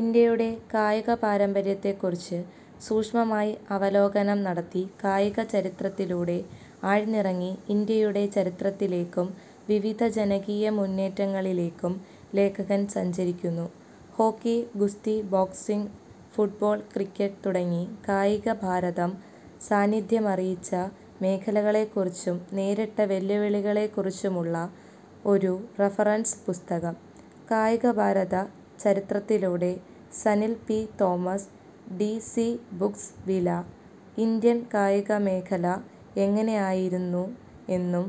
ഇന്ത്യയുടെ കായികപാരമ്പര്യത്തെക്കുറിച്ച് സൂക്ഷ്മമായി അവലോകനം നടത്തി കായിക ചരിത്രത്തിലൂടെ ആഴ്ന്നിറങ്ങി ഇന്ത്യയുടെ ചരിത്രത്തിലേക്കും വിവിധ ജനകീയമുന്നേറ്റങ്ങളിലേക്കും ലേഖകൻ സഞ്ചരിക്കുന്നു. ഹോക്കി, ഗുസ്തി, ബോക്സിങ്, ഫുട്ബോൾ, ക്രിക്കറ്റ് തുടങ്ങി കായികഭാരതം സാന്നിധ്യമറിയിച്ച മേഖലകളെക്കുറിച്ചും നേരിട്ട വെല്ലുവിളികളെക്കുറിച്ചുമുള്ള ഒരു റഫറൻസ് പുസ്തകം. കായികഭാരത ചരിത്രത്തിലൂടെ സനിൽ പി. തോമസ് ഡി സി ബുക്സ് വില: ഇന്ത്യൻ കായികമേഖല എങ്ങനെയായിരുന്നു എന്നും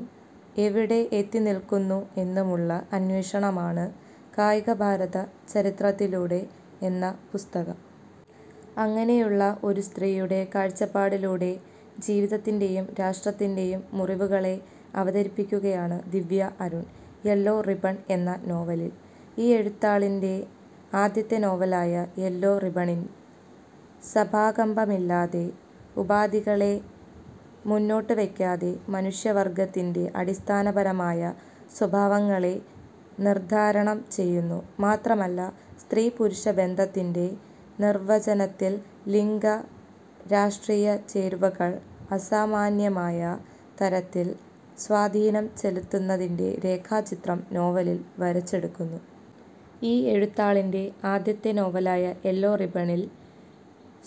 എവിടെ എത്തിനിൽക്കുന്നു എന്നുമുള്ള അന്വേഷണമാണ് കായികഭാരത ചരിത്രത്തിലൂടെ എന്ന പുസ്തകം. അങ്ങനെയുള്ള ഒരു സ്ത്രീയുടെ കാഴ്ചപ്പാടിലൂടെ ജീവിതത്തിന്റെയും രാഷ്ട്രത്തിന്റെയും മുറിവുകളെ അവതരിപ്പിക്കുകയാണ് ദിവ്യ അരുൺ 'യെല്ലോ റിബ്ബൺ' എന്ന നോവലിൽ. ഈ എഴുത്താളിന്റെ ആദ്യത്തെ നോവലായ 'യെല്ലോ റിബ്ബണി'ൽ സഭാകമ്പമില്ലാതെ, ഉപാധികളെ മുന്നോട്ടുവയ്ക്കാതെ മനുഷ്യവർഗ്ഗത്തിന്റെ അടിസ്ഥാനപരമായ സ്വഭാവങ്ങളെ നിർദ്ധാരണം ചെയ്യുന്നു. മാത്രമല്ല, സ്ത്രീ-പുരുഷ ബന്ധത്തിന്റെ നിർവ്വചനത്തിൽ ലിംഗ/രാഷ്ട്രീയ ചേരുവകൾ അസാമാന്യമായ തരത്തിൽ സ്വാധീനം ചെലുത്തുന്നതിന്റെ രേഖാചിത്രം നോവലിൽ വരച്ചെടുക്കുന്നു. ഈ എഴുത്താളിന്റെ ആദ്യത്തെ നോവലായ 'യെല്ലോ റിബ്ബണി'ൽ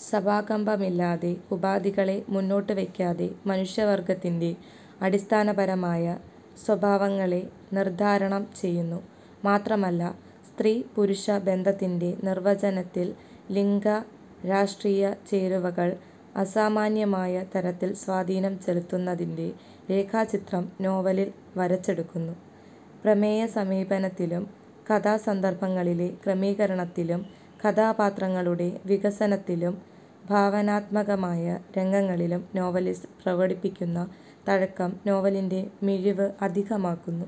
സഭാകമ്പമില്ലാതെ, ഉപാധികളെ മുന്നോട്ടുവയ്ക്കാതെ മനുഷ്യവർഗ്ഗത്തിന്റെ അടിസ്ഥാനപരമായ സ്വഭാവങ്ങളെ നിർദ്ധാരണം ചെയ്യുന്നു. മാത്രമല്ല, സ്ത്രീ-പുരുഷ ബന്ധത്തിന്റെ നിർവ്വചനത്തിൽ ലിംഗ/രാഷ്ട്രീയ ചേരുവകൾ അസാമാന്യമായ തരത്തിൽ സ്വാധീനം ചെലുത്തുന്നതിന്റെ രേഖാചിത്രം നോവലിൽ വരച്ചെടുക്കുന്നു. പ്രമേയസമീപനത്തിലും കഥാസന്ദർഭങ്ങളിലെ ക്രമീകരണത്തിലും കഥാപാത്രങ്ങളുടെ വികസനത്തിലും ഭാവനാത്മകമായ രംഗങ്ങളിലും നോവലിസ്റ്റ് പ്രകടിപ്പിക്കുന്ന തഴക്കം നോവലിന്റെ മിഴിവ് അധികമാക്കുന്നു.